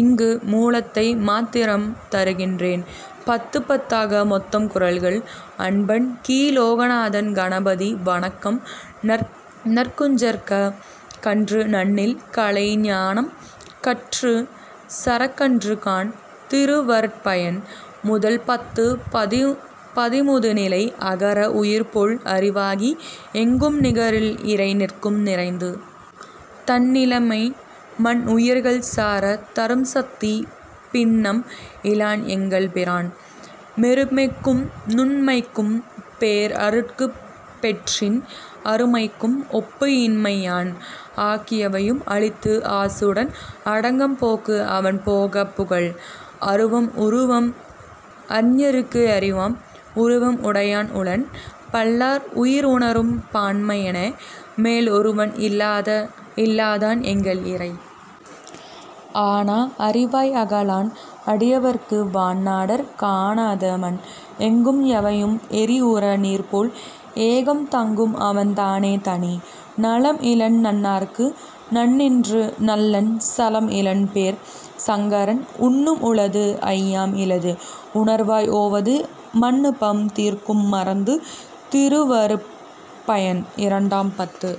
இங்கு மூலத்தை மாத்திரம் தருகின்றேன். பத்துப் பத்தாக மொத்தம் குறள்கள். அன்பன் கி. லோகநாதன் கணபதி வணக்கம் நற்குஞ்சரக் கன்று நண்ணில் கலைஞானம் கற்குஞ் சரக்கன்று காண். திருவருட்பயன் முதல் பத்து. பதிமுது நிலை அகர உயிர்போல் அறிவாகி எங்கும் நிகரில் இறை நிற்கும் நிறைந்து. தன் நிலைமை மன் உயிர்கள் சாரத் தரும்சத்தி பின்னம் இலான் எங்கள் பிரான். மெருமைக்கும் நுண்மைக்கும் பேர்அருட்கும் பேற்றின் அருமைக்கும் ஒப்புஇன்மை யான். ஆக்கிஎவையும் அளித்து ஆசுடன் அடங்கப் போக்கு அவன் போகாப் புகல்.. அருவம் உருவம் அறிஞர்க்கு அறிவாம் உருவம் உடையான் உளன்.. பல்ஆர் உயிர் உணரும் பான்மைஎன மேல்ஒருவன் இல்லாதான் எங்கள் இறை.. ஆனா அறிவாய் அகலான் அடியவர்க்கு வான்நாடர் காணாத மன். எங்கும் எவையும் எரி உறு நீர்போல் ஏகம் தங்கும்அவன் தானே தனி.. நலம்இலன் நண்ணார்க்கு நண்ணினர்க்கு நல்லன் சலம்இலன் பேர் சங்கரன்.. உன்னும்உளது ஐயம்இலது உணர்வாய் ஓவாது மன்னுபவம் தீர்க்கும் மருந்து திருவருட்பயன் -இரண்டாம் பத்து.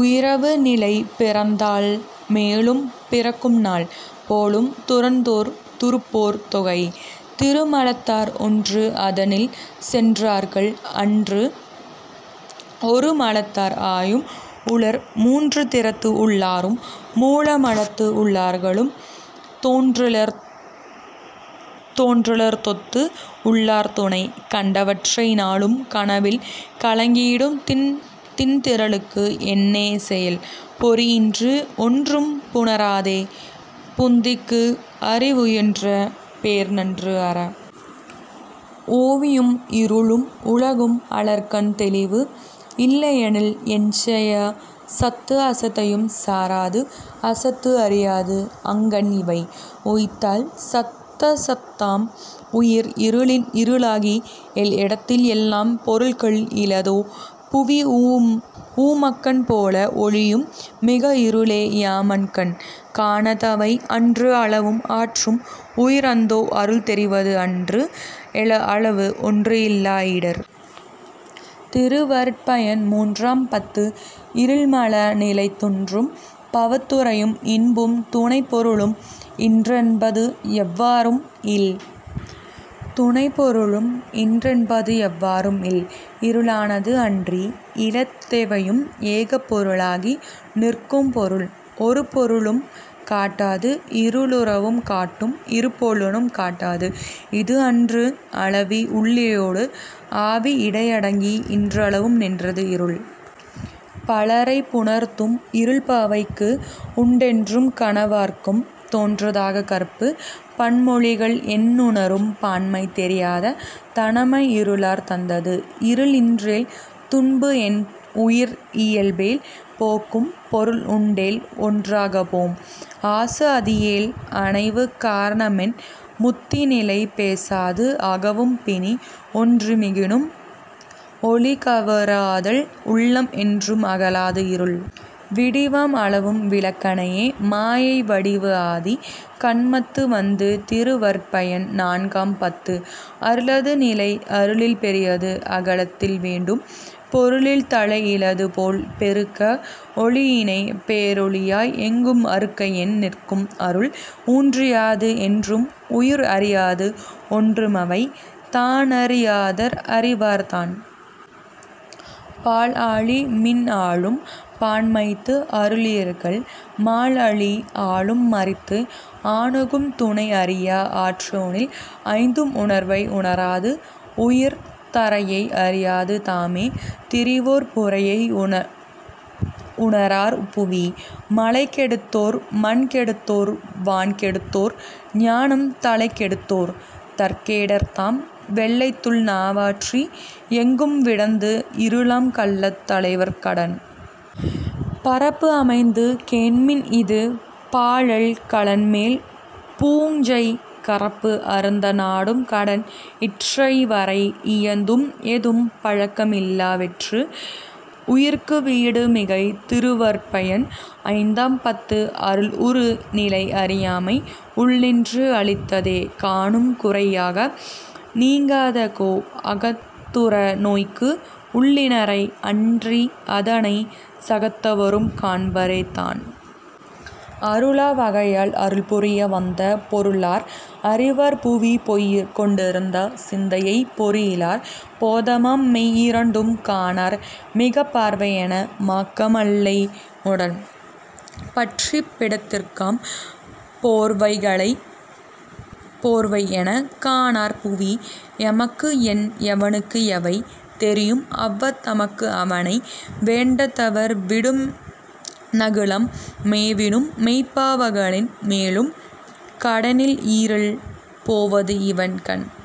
உயிரவை நிலை பிறந்தநாள் மேலும் பிறக்கும்நாள் போலும் துறந்தோர் துறப்போர் தொகை.. திரிமலத்தார் ஒன்றுஅதனில் சென்றார்கள் அன்றி ஒருமலத்தார் ஆயும் உளர். மூன்றுதிறத்து உள்ளாரும் மூலமலத்து உள்ளார்கள் தோன்றலர்தொத்து உள்ளார் துணை. கண்டவற்றை நாளும் கனவில் கலங்கியிடும் திண்திறலுக்கு என்னோ செயல். பொறிஇன்றி ஒன்றும் புணராதே புந்திக்கு அறிவுஎன்ற பேர்நன்று அற. ஒளியும் இருளும் உலகும் அலர்கண் தெளிவு இல்எனில் என்செய. சத்துஅசத்தைச் சாராது அசத்துஅறியாது அங்கண்இவை உய்த்தல் சத்சத்தாம் உயிர். இருளில் இருளாகி எல்இடத்தில் எல்லாம் பொருள்கள் இலதோ புவி. ஊமக்கண் போல ஒளியும் மிக இருளே யாம்மன்கண் காணா தவை. அன்றுஅளவும் ஆற்றும் உயிர் அந்தோ அருள்தெரிவது என்றுஅளவு ஒன்றுஇல்லா இடர். திருவருட்பயன் மூன்றாம் பத்து. இருள்மல நிலை துன்றும் பவத்துயரும் இன்பும் துணைப்பொருளும் இன்றென்பது எவ்வாறும் இல். இருளானது அன்றி இலதெவையும் ஏகப் பொருளாகி நிற்கும் பொருள். ஒருபொருளும் காட்டாது இருளுருவம் காட்டும் இருபொருளும் காட்டாது இது. அன்றுஅளவி உள்ளளியோடு ஆவி இடைஅடங்கி இன்றளவும் நின்றது இருள். பலரைப் புணர்ந்தும் இருள்பாவைக்கு உண்டென்றும் கணவற்கும் தோன்றாத கற்பு. பன்மொழிகள் என்உணரும் பான்மை தெரியாத தனமை இருளார் தந்தது. இருள்இன்றேல் துன்புஎன் உயிர் இயல்பேல் போக்கும் பொருள் உண்டேல் ஒன்றாகப் போம். ஆசுஆதியேல் அணைவ காரணமென் முத்திநிலை பேசாது அகவும் பிணி. ஒன்று மிகினும் ஒளிகவராதேல் உள்ளம் என்றும் அகலாது இருள். விடிவாம் அளவும் விளக்கனைய மாயை வடிவுஆதி கன்மத்து வந்து. திருவருட்பயன் நான்காம் பத்து. அருளது நிலை அருளில் பெரியது அகிலத்தில் வேண்டும் பொருளில் தலைஇலது போல். பெருக்க ஒளியினை பேரொளியாய் எங்கும் அருக்கனென நிற்கும் அருள். ஊனறியாது என்றும் உயிர்அறியாது ஒன்றுமிவை தானறியாதார் அறிவார் தான். பால்ஆழி மீன்ஆளும் பான்மைத்து அருளுயிர்கள் மால்ஆழி ஆளும் மறித்து. அணுகும் துணைஅறியா ஆற்றோனில் ஐந்தும் உணர்வை உணராது உயிர். தரையை அறியாது தாமே திரிவோர் புரையை உணரார் புவி. மலைகெடுத்தோர் மண்கெடுத்தோர் வான்கெட்த்தோர் ஞானம் தலைகெடுத்தோர் தற்கேடர் தாம். வெள்ளத்துள் நாவாற்றி எங்கும்விடிந்து இருளாம் கள்ளத் தலைவர் கடன். பரப்புஅமைந்து கேண்மின்இது பாலல்கலன்மேல் பூஞை கரப்பு அருந்த நாடும் கடன். இற்றைவரை இயைந்தும் ஏதும் பழக்கமிலா வெற்று உயிர்க்கு வீடு மிகை. திருவருட்பயன் -ஐந்தாம் பத்து. அருள் உரு நிலை அறியாமை உள்நின்று அளித்ததே காணும் குறியாக நீங்காத கோ. அகத்துறு நோய்க்கு உள்ளினரை அன்றிஅதனை சகத்தவரும் காண்பரோ தான். அருளா வகையால் அருள்புரிய வந்த பொருள்ஆர் அறிவார் புவி. பொய்இருண்ட சிந்தைப் பொறி இலார் போதமாம் மெய்இரண்டும் காணார் மிக. பார்வைஎன மாக்களைமுன் பற்றிப் பிடித்தற்காம் போர்வைஎனக் காணார் புவி. எமக்குஎன் எவனுக்கு எவை தெரியும் அவ்வத் தமக்குஅவனை வேண்டத் தவிர். விடம்நகுலம் மேவினும் மெய்ப்பாவகனின் மீளும் கடனில்இருள் போவதுஇவன் கண்.